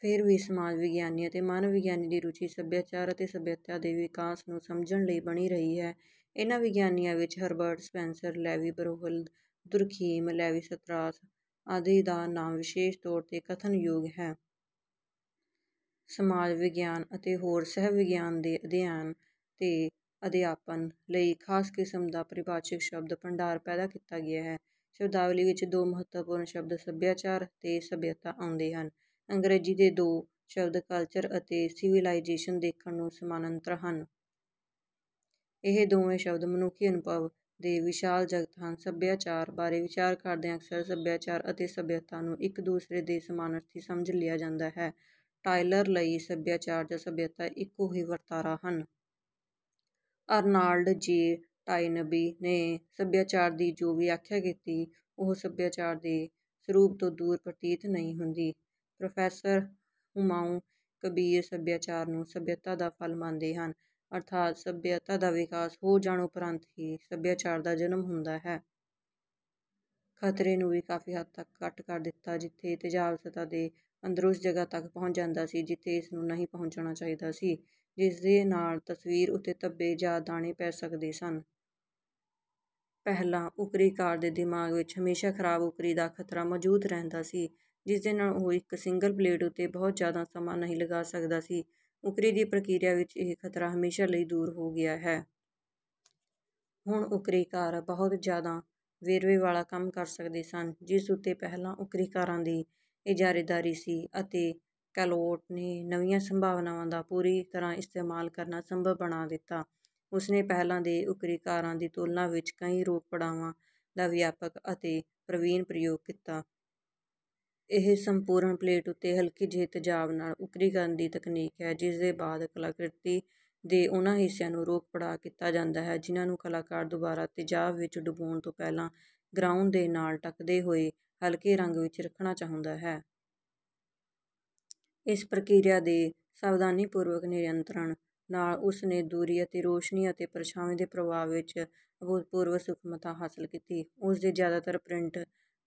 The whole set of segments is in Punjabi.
ਫੇਰ ਵੀ ਸਮਾਜ ਵਿਗਿਆਨੀ ਅਤੇ ਮਾਨਵ ਵਿਗਿਆਨੀ ਦੀ ਰੁਚੀ ਸੱਭਿਆਚਾਰ ਅਤੇ ਸੱਭਿਅਤਾ ਦੇ ਵਿਕਾਸ ਨੂੰ ਸਮਝਣ ਲਈ ਬਣੀ ਰਹੀ ਹੈ। ਇਹਨਾਂ ਵਿਗਿਆਨੀਆਂ ਵਿੱਚ Herbert Spencer, Levy Bruhl, Durkheim, Levi Strauss ਆਦਿ ਦਾ ਨਾਮ ਵਿਸ਼ੇਸ਼ ਤੌਰ 'ਤੇ ਕਥਨਯੋਗ ਹੈ। ਸਮਾਜ ਵਿਗਿਆਨ ਅਤੇ ਹੋਰ ਸਹਿ-ਵਿਗਿਆਨ ਦੇ ਅਧਿਐਨ ਤੇ ਅਧਿਆਪਨ ਲਈ ਖਾਸ ਕਿਸਮ ਦਾ ਪਾਰਿਭਾਸ਼ਿਕ ਸ਼ਬਦ-ਭੰਡਾਰ ਪੈਦਾ ਕੀਤਾ ਗਿਆ ਹੈ। ਸ਼ਬਦਾਵਲੀ ਵਿੱਚ ਦੋ ਮਹੱਤਵਪੂਰਨ ਸ਼ਬਦ "ਸੱਭਿਆਚਾਰ" ਤੇ "ਸੱਭਿਅਤਾ" ਆਉਂਦੇ ਹਨ। ਅੰਗਰੇਜ਼ੀ ਦੇ ਦੋ ਸ਼ਬਦ ਕਲਚਰ ਅਤੇ ਸਿਵੀਲਾਈਜੇਸ਼ਨ ਦੇਖਣ ਨੂੰ ਸਮਾਨਾਂਤਰ ਹਨ। ਇਹ ਦੋਵੇਂ ਸ਼ਬਦ ਮਨੁੱਖੀ ਅਨੁਭਵ ਦੇ ਵਿਸ਼ਾਲ ਜਗਤ ਹਨ। ਸੱਭਿਆਚਾਰ ਬਾਰੇ ਵਿਚਾਰ ਕਰਦਿਆਂ ਅਕਸਰ "ਸੱਭਿਆਚਾਰ" ਅਤੇ "ਸੱਭਿਅਤਾ" ਨੂੰ ਇੱਕ ਦੂਸਰੇ ਦੇ ਸਮਾਨਾਰਥੀ ਸਮਝ ਲਿਆ ਜਾਂਦਾ ਹੈ। ਟਾਇਲਰ ਲਈ "ਸੱਭਿਆਚਾਰ" ਜਾਂ "ਸੱਭਿਅਤਾ" ਇੱਕੋ ਹੀ ਵਰਤਾਰਾ ਹਨ। ਅਰਨਾਲਡ ਜੇ. ਟਾਇਨਬੀ ਨੇ ਸੱਭਿਆਚਾਰ ਦੀ ਜੋ ਵਿਆਖਿਆ ਕੀਤੀ, ਉਹ ਸੱਭਿਆਚਾਰ ਦੇ ਸਰੂਪ ਤੋਂ ਦੂਰ ਪ੍ਰਤੀਤ ਨਹੀਂ ਹੁੰਦੀ। ਪ੍ਰੋਫੈਸਰ ਹੁਮਾਯੂੰ ਕਬੀਰ ਸੱਭਿਆਚਾਰ ਨੂੰ ਸੱਭਿਅਤਾ ਦਾ ਫਲ ਮੰਨਦੇ ਹਨ। ਅਰਥਾਤ ਸੱਭਿਅਤਾ ਦਾ ਵਿਕਾਸ ਹੋ ਜਾਣ ਉਪਰੰਤ ਹੀ ਸੱਭਿਆਚਾਰ ਦਾ ਜਨਮ ਹੁੰਦਾ ਹੈ। ਖਤਰੇ ਨੂੰ ਵੀ ਕਾਫ਼ੀ ਹੱਦ ਤੱਕ ਘੱਟ ਕਰ ਦਿੱਤਾ, ਜਿੱਥੇ ਤੇਜ਼ਾਬ ਸਤ੍ਹਾ ਦੇ ਅੰਦਰ ਉਸ ਜਗ੍ਹਾ ਤੱਕ ਪਹੁੰਚ ਜਾਂਦਾ ਸੀ ਜਿੱਥੇ ਇਸਨੂੰ ਨਹੀਂ ਪਹੁੰਚਣਾ ਚਾਹੀਦਾ ਸੀ, ਜਿਸਦੇ ਨਾਲ ਤਸਵੀਰ ਉੱਤੇ ਧੱਬੇ ਜਾਂ ਦਾਣੇ ਪੈ ਸਕਦੇ ਸਨ। ਪਹਿਲਾਂ ਉੱਕਰੀਕਾਰ ਦੇ ਦਿਮਾਗ ਵਿੱਚ ਹਮੇਸ਼ਾ ਖ਼ਰਾਬ ਉੱਕਰੀ ਦਾ ਖ਼ਤਰਾ ਮੌਜੂਦ ਰਹਿੰਦਾ ਸੀ, ਜਿਸਦੇ ਨਾਲ ਉਹ ਇੱਕ ਸਿੰਗਲ ਪਲੇਟ ਉੱਤੇ ਬਹੁਤ ਜ਼ਿਆਦਾ ਸਮਾਂ ਨਹੀਂ ਲਗਾ ਸਕਦਾ ਸੀ। ਉੱਕਰੀ ਦੀ ਪ੍ਰਕਿਰਿਆ ਵਿੱਚ ਇਹ ਖ਼ਤਰਾ ਹਮੇਸ਼ਾ ਲਈ ਦੂਰ ਹੋ ਗਿਆ ਹੈ। ਹੁਣ ਉੱਕਰੀਕਾਰ ਬਹੁਤ ਜ਼ਿਆਦਾ ਵੇਰਵੇ ਵਾਲਾ ਕੰਮ ਕਰ ਸਕਦੇ ਸਨ, ਜਿਸ ਉੱਤੇ ਪਹਿਲਾਂ ਉੱਕਰੀਕਾਰਾਂ ਦੀ ਇਜਾਰੇਦਾਰੀ ਸੀ, ਅਤੇ ਕੈਲੋਟ ਨੇ ਨਵੀਆਂ ਸੰਭਾਵਨਾਵਾਂ ਦਾ ਪੂਰੀ ਤਰ੍ਹਾਂ ਇਸਤੇਮਾਲ ਕਰਨਾ ਸੰਭਵ ਬਣਾ ਦਿੱਤਾ। ਉਸ ਨੇ ਪਹਿਲਾਂ ਦੇ ਉੱਕਰੀਕਾਰਾਂ ਦੀ ਤੁਲਨਾ ਵਿੱਚ ਕਈ "ਰੋਕ-ਪੜਾਵਾਂ" ਦਾ ਵਿਆਪਕ ਅਤੇ ਪ੍ਰਵੀਨ ਪ੍ਰਯੋਗ ਕੀਤਾ। ਇਹ ਸੰਪੂਰਨ ਪਲੇਟ ਉੱਤੇ ਹਲਕੇ ਜਿਹੇ ਤੇਜ਼ਾਬ ਨਾਲ ਉੱਕਰੀ ਕਰਨ ਦੀ ਤਕਨੀਕ ਹੈ, ਜਿਸਦੇ ਬਾਅਦ ਕਲਾਕ੍ਰਿਤੀ ਦੇ ਉਨ੍ਹਾਂ ਹਿੱਸਿਆਂ ਨੂੰ "ਰੋਕ-ਪੜਾਅ" ਕੀਤਾ ਜਾਂਦਾ ਹੈ ਜਿਨ੍ਹਾਂ ਨੂੰ ਕਲਾਕਾਰ ਦੁਬਾਰਾ ਤੇਜ਼ਾਬ ਵਿੱਚ ਡੁਬੋਣ ਤੋਂ ਪਹਿਲਾਂ "ਗਰਾਉਂਡ" ਦੇ ਨਾਲ ਢੱਕਦੇ ਹੋਏ ਹਲਕੇ ਰੰਗ ਵਿੱਚ ਰੱਖਣਾ ਚਾਹੁੰਦਾ ਹੈ। ਇਸ ਪ੍ਰਕਿਰਿਆ ਦੇ ਸਾਵਧਾਨੀਪੂਰਵਕ ਨਿਯੰਤਰਣ ਨਾਲ ਉਸ ਨੇ ਦੂਰੀ ਅਤੇ ਰੋਸ਼ਨੀ ਅਤੇ ਪਰਛਾਵੇਂ ਦੇ ਪ੍ਰਭਾਵ ਵਿੱਚ ਅਭੂਤਪੂਰਵ ਸੂਖਮਤਾ ਹਾਸਲ ਕੀਤੀ। ਉਸ ਦੇ ਜ਼ਿਆਦਾਤਰ ਪ੍ਰਿੰਟ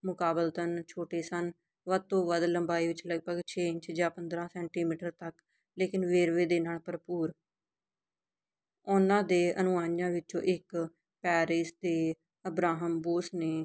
ਮੁਕਾਬਲਤਨ ਛੋਟੇ ਸਨ, ਵੱਧ ਤੋਂ ਵੱਧ ਲੰਬਾਈ ਵਿੱਚ ਲਗਭਗ ਛੇ ਇੰਚ ਜਾਂ ਪੰਦਰਾਂ ਸੈਂਟੀਮੀਟਰ ਤੱਕ, ਲੇਕਿਨ ਵੇਰਵੇ ਦੇ ਨਾਲ ਭਰਪੂਰ। ਉਨ੍ਹਾਂ ਦੇ ਅਨੁਆਈਆਂ ਵਿੱਚੋਂ ਇੱਕ, ਪੈਰਿਸ ਦੇ ਅਬ੍ਰਾਹਮ ਬੋਸ ਨੇ